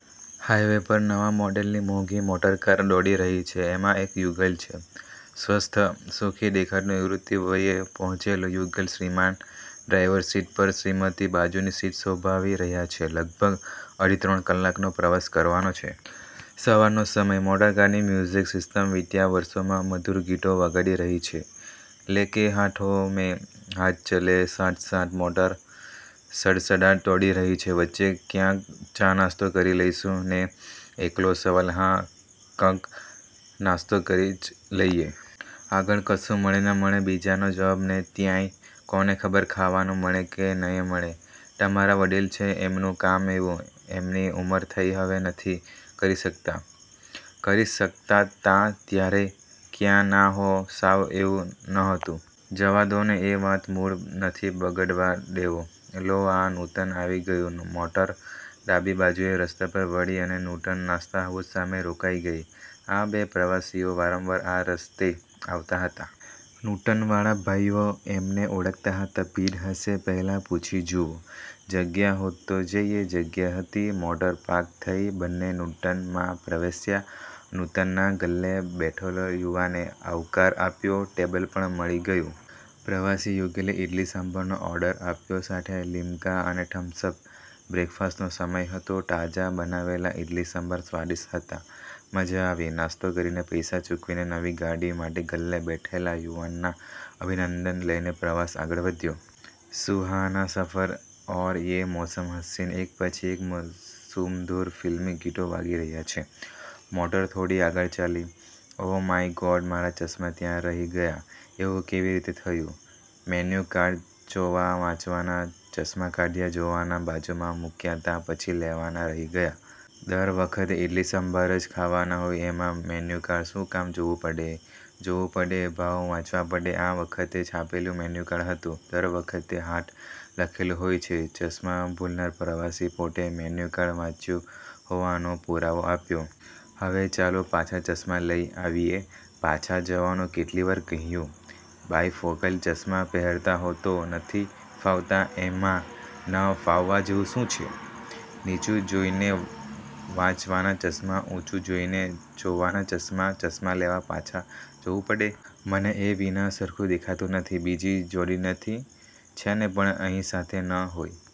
Highway પર નવા મોડેલની મોંઘી મોટરકાર દોડી રહી છે. એમાં એક યુગલ છે. સ્વસ્થ, સુખી દેખાતું નિવૃત્તિ વયે પહોંચેલું યુગલ. શ્રીમાન ડ્રાઈવરસીટ પર, શ્રીમતી બાજુની સીટ શોભાવી રહ્યાં છે. લગભગ અઢી-ત્રણ કલાકનો પ્રવાસ કરવાનો છે. સવારનો સમય, મોટરકારની મ્યુઝિક સિસ્ટમ વીત્યા વર્ષોનાં મધુર ગીતો વગાડી રહી છે. 'લે કે હાથોમેં હાથ ચલે સાથ-સાથ,' મોટર સડસડાટ દોડી રહી છે. "વચ્ચે ક્યાંક ચાનાસ્તો કરી લઈશું ને?" એકનો સવાલ. "હા કંક નાસ્તો કરી જ લઈએ. આગળ કશું મળે ન મળે." બીજાનો જવાબ. "ને ત્યાંય કોને ખબર, ખાવાનું મળે કે નયે મળે. તમારા વડીલ છે. એમનું કામ એવું." "એમની ઉમર થઈ હવે નથી કરી શકતાં." "કરી શકતાં'તાં ત્યારે ય ક્યાં" "ના હોં, સાવ એવું નહોતું." "જવા દો ને એ વાત, મૂડ નથી બગડવા દેવો. લો આ 'નૂતન' આવી ગયું." મોટર ડાબી બાજુએ રસ્તા પર વળી અને 'નૂતન નાસ્તા હાઉસ' સામે રોકાઈ ગઈ. આ બે પ્રવાસીઓ વારંવાર આ રસ્તે આવતાં હતા. 'નૂતન' વાળા ભાઈઓ એમને ઓળખતા હતા. "ભીડ હશે, પહેલાં પૂછી જુઓ. જગ્યા હોય તો જઈએ." જગ્યા હતી. મોટર પાર્ક થઈ. બન્ને 'નૂતન' માં પ્રવેશ્યા. 'નૂતન' ના ગલ્લે બેઠેલા યુવાને આવકાર આપ્યો. ટેબલ પણ મળી ગયું. પ્રવાસી યુગલે ઈડલી સંભારનો ઓર્ડર આપ્યો સાથે લિમ્કા અને થમ્સઅપ. બ્રેકફાસ્ટનો સમય હતો. તાજા બનાવેલાં ઈડલી સંભાર સ્વાદિષ્ટ હતા. મજા આવી. નાસ્તો કરીને પૈસા ચૂકવીને, નવી ગાડી માટે ગલ્લે બેઠેલા યુવાનના અભિનંદન લઈને પ્રવાસ આગળ વધ્યો. "સુહાના સફર ઔર યે મૌસમ હસીન" એક પછી એક સુમધુર ફિલ્મી ગીતો વાગી રહ્યા છે. મોટર થોડી આગળ ચાલી. "ઓહ માય ગોડ, મારા ચશ્મા ત્યાં રહી ગયાં." "એવું કેવી રીતે થયું?" "મેન્યુકાર્ડ જોવા વાંચવાના ચશ્મા કાઢ્યા, જોવાના બાજુમાં મૂક્યા'તા, પછી લેવાના રહી ગયાં." "દર વખતે ઇડલી સંભાર જ ખાવાના હોય એમાં મેન્યુકાર્ડ શું કામ જોવું પડે?" "જોવું પડે. ભાવ વાંચવા પડે. આ વખતે છાપેલું મેન્યુકાર્ડ હતું. દર વખતે હાથે લખેલું હોય છે." ચશ્મા ભૂલનાર પ્રવાસી પોતે મેન્યુકાર્ડ વાંચ્યું હોવાનો પુરાવો આપ્યો. "હવે ચાલો પાછા, ચશ્મા લઇ આવીએ." "પાછા જવાનું?" "કેટલી વાર કહ્યું. બાયફોકલ ચશ્મા પહેરતા હો તો?" "નથી ફાવતા." "એમાં ન ફાવવા જેવું શું છે? નીચું જોઇને વાંચવાના ચશ્મા, ઊંચુ જોઇને જોવાના ચશ્મા." "ચશ્મા લેવા પાછા જવું પડે. મને એ વિના સરખું દેખાતું નથી." "બીજી જોડી નથી?" "છે ને, પણ અહીં સાથે ન હોય